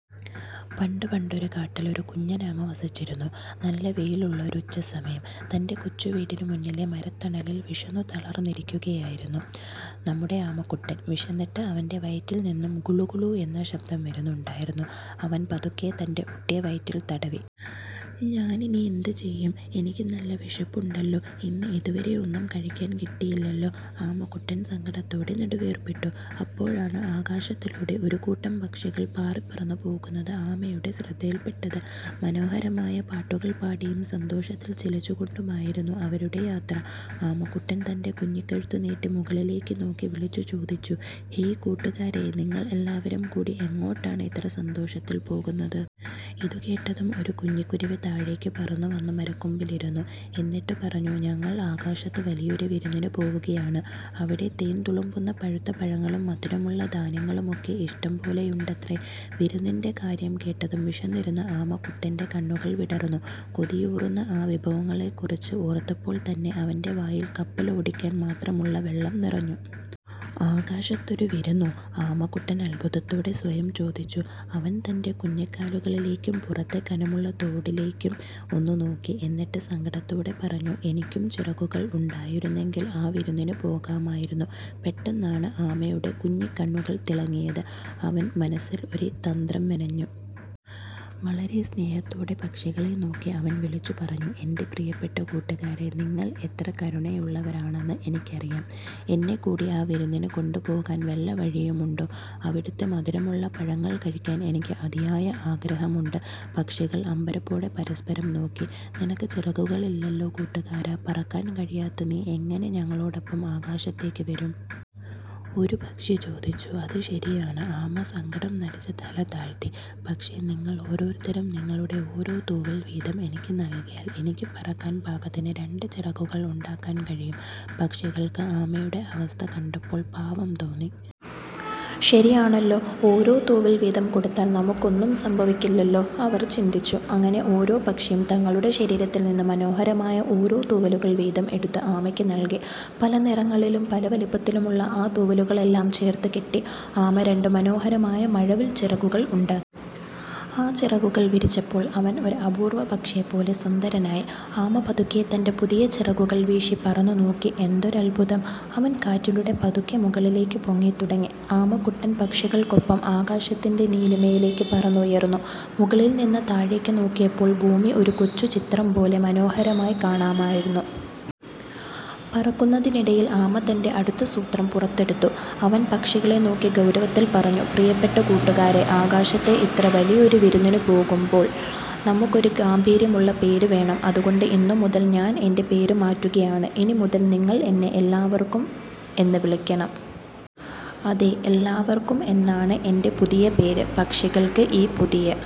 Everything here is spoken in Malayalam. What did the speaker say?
പണ്ട് പണ്ടൊരു കാട്ടിൽ ഒരു കുഞ്ഞനാമ വസിച്ചിരുന്നു. നല്ല വെയിലുള്ള ഒരു ഉച്ചസമയം. തന്റെ കൊച്ചു വീടിന് മുന്നിലെ മരത്തണലിൽ വിശന്നു തളർന്നിരിക്കുകയായിരുന്നു നമ്മുടെ ആമക്കുട്ടൻ. വിശന്നിട്ട് അവന്റെ വയറ്റിൽ നിന്നും 'ഗുളു ഗുളു' എന്ന് ശബ്ദം വരുന്നുണ്ടായിരുന്നു. അവൻ പതുക്കെ തന്റെ ഒട്ടിയ വയറ്റിൽ തടവി. "ഞാനിനി എന്തു ചെയ്യും? എനിക്ക് നല്ല വിശപ്പുണ്ടല്ലോ. ഇന്ന് ഇതുവരെ ഒന്നും കഴിക്കാൻ കിട്ടിയില്ലല്ലോ! " ആമക്കുട്ടൻ സങ്കടത്തോടെ നെടുവീർപ്പിട്ടു. അപ്പോഴാണ്, ആകാശത്തിലൂടെ ഒരു കൂട്ടം പക്ഷികൾ പാറിപറന്നു പോകുന്നത് ആമയുടെ ശ്രദ്ധയിൽപ്പെട്ടത്. മനോഹരമായ പാട്ടുകൾ പാടിയും സന്തോഷത്തിൽ ചിലച്ചു കൊണ്ടുമായിരുന്നു അവരുടെ യാത്ര. ആമക്കുട്ടൻ തന്റെ കുഞ്ഞിക്കഴുത്ത് നീട്ടി മുകളിലേക്ക് നോക്കി വിളിച്ചുചോദിച്ചു, "ഹേയ് കൂട്ടുകാരേ, നിങ്ങൾ എല്ലാവരും കൂടി എങ്ങോട്ടാണ് ഇത്ര സന്തോഷത്തിൽ പോകുന്നത്? " ഇതുകേട്ടതും ഒരു കുഞ്ഞിക്കുരുവി താഴേക്ക് പറന്നുവന്ന് മരക്കൊമ്പിലിരുന്നു. എന്നിട്ട് പറഞ്ഞു. "ഞങ്ങൾ ആകാശത്ത് വലിയൊരു വിരുന്നിന് പോവുകയാണ്. അവിടെ തേൻ തുളുമ്പുന്ന പഴുത്ത പഴങ്ങളും, മധുരമുള്ള ധാന്യങ്ങളുമൊക്കെ ഇഷ്ടം പോലെയുണ്ടത്രേ! വിരുന്നിന്റെ കാര്യം കേട്ടതും വിശന്നിരുന്ന ആമക്കുട്ടന്റെ കണ്ണുകൾ വിടർന്നു! കൊതിയൂറുന്ന ആ വിഭവങ്ങളെക്കുറിച്ച് ഓർത്തപ്പോൾത്തന്നെ അവന്റെ വായിൽ കപ്പലോടിക്കാൻ മാത്രമുള്ള വെള്ളം നിറഞ്ഞു. " "ആകാശത്തൊരു വിരുന്നോ? " ആമക്കുട്ടൻ അത്ഭുതത്തോടെ സ്വയം ചോദിച്ചു. അവൻ തന്റെ കുഞ്ഞിക്കാലുകളിലേക്കും പുറത്തെ കനമുള്ള തോടിലേക്കും ഒന്ന് നോക്കി. എന്നിട്ട് സങ്കടത്തോടെ പറഞ്ഞു: "എനിക്കും ചിറകുകൾ ഉണ്ടായിരുന്നെങ്കിൽ ആ വിരുന്നിന് പോകാമായിരുന്നു. " പെട്ടെന്നാണ് ആമയുടെ കുഞ്ഞിക്കണ്ണുകൾ തിളങ്ങിയത്. അവൻ മനസ്സിൽ ഒരു തന്ത്രം മെനഞ്ഞു. വളരെ സ്നേഹത്തോടെ പക്ഷികളെ നോക്കി അവൻ വിളിച്ചുപറഞ്ഞു: "എന്റെ പ്രിയപ്പെട്ട കൂട്ടുകാരേ, നിങ്ങൾ എത്ര കരുണയുള്ളവരാണെന്ന് എനിക്കറിയാം. എന്നെക്കൂടി ആ വിരുന്നിന് കൊണ്ടുപോകാൻ വല്ല വഴിയുമുണ്ടോ? അവിടുത്തെ മധുരമുള്ള പഴങ്ങൾ കഴിക്കാൻ എനിക്ക് അതിയായ ആഗ്രഹമുണ്ട്! " പക്ഷികൾ അമ്പരപ്പോടെ പരസ്പരം നോക്കി. "നിനക്ക് ചിറകുകളില്ലല്ലോ കൂട്ടുകാരാ, പറക്കാൻ കഴിയാത്ത നീ എങ്ങനെ ഞങ്ങളോടൊപ്പം ആകാശത്തേക്ക് വരും? " ഒരു പക്ഷി ചോദിച്ചു. "അത് ശരിയാണ്," ആമ സങ്കടം നടിച്ച് തല താഴ്ത്തി. "പക്ഷേ, നിങ്ങൾ ഓരോരുത്തരും നിങ്ങളുടെ ഓരോ തൂവൽ വീതം എനിക്ക് നൽകിയാൽ, എനിക്കും പറക്കാൻ പാകത്തിന് രണ്ട് ചിറകുകൾ ഉണ്ടാക്കാൻ കഴിയും! " പക്ഷികൾക്ക് ആമയുടെ അവസ്ഥ കണ്ടപ്പോൾ പാവം തോന്നി. "ശരിയാണല്ലോ, ഓരോ തൂവൽ വീതം കൊടുത്താൽ നമുക്കൊന്നും സംഭവിക്കില്ലല്ലോ," അവർ ചിന്തിച്ചു. അങ്ങനെ ഓരോ പക്ഷിയും തങ്ങളുടെ ശരീരത്തിൽ നിന്ന് മനോഹരമായ ഓരോ തൂവലുകൾ വീതം എടുത്ത് ആമയ്ക്ക് നൽകി. പല നിറങ്ങളിലും പല വലിപ്പത്തിലുമുള്ള ആ തൂവലുകളെല്ലാം ചേർത്ത് കെട്ടി, ആമ രണ്ട് മനോഹരമായ 'മഴവിൽ ചിറകുകൾ' ഉണ്ടാ ആ ചിറകുകൾ വിരിച്ചപ്പോൾ അവൻ ഒരു അപൂർവ്വ പക്ഷിയെപ്പോലെ സുന്ദരനായി! ആമ പതുക്കെ തന്റെ പുതിയ ചിറകുകൾ വീശി പറന്നു നോക്കി. എന്തൊരത്ഭുതം! അവൻ കാറ്റിലൂടെ പതുക്കെ മുകളിലേക്ക് പൊങ്ങിത്തുടങ്ങി. ആമക്കുട്ടൻ പക്ഷികൾക്കൊപ്പം ആകാശത്തിന്റെ നീലിമയിലേക്ക് പറന്നുയർന്നു. മുകളിൽ നിന്ന് താഴേക്ക് നോക്കിയപ്പോൾ ഭൂമി ഒരു കൊച്ചു ചിത്രം പോലെ മനോഹരമായി കാണാമായിരുന്നു. പറക്കുന്നതിനിടയിൽ ആമ തന്റെ അടുത്ത സൂത്രം പുറത്തെടുത്തു. അവൻ പക്ഷികളെ നോക്കി ഗൗരവത്തിൽ പറഞ്ഞു: "പ്രിയപ്പെട്ട കൂട്ടുകാരേ, ആകാശത്തെ ഇത്ര വലിയൊരു വിരുന്നിന് പോകുമ്പോൾ നമുക്കൊരു ഗാംഭീര്യമുള്ള പേര് വേണം. അതുകൊണ്ട് ഇന്നുമുതൽ ഞാൻ എന്റെ പേര് മാറ്റുകയാണ്. ഇനിമുതൽ നിങ്ങൾ എന്നെ 'എല്ലാവർക്കും' എന്ന് വിളിക്കണം! അതെ, 'എല്ലാവർക്കും' എന്നാണ് എന്റെ പുതിയ പേര്! " പക്ഷികൾക്ക് ഈ പുതിയ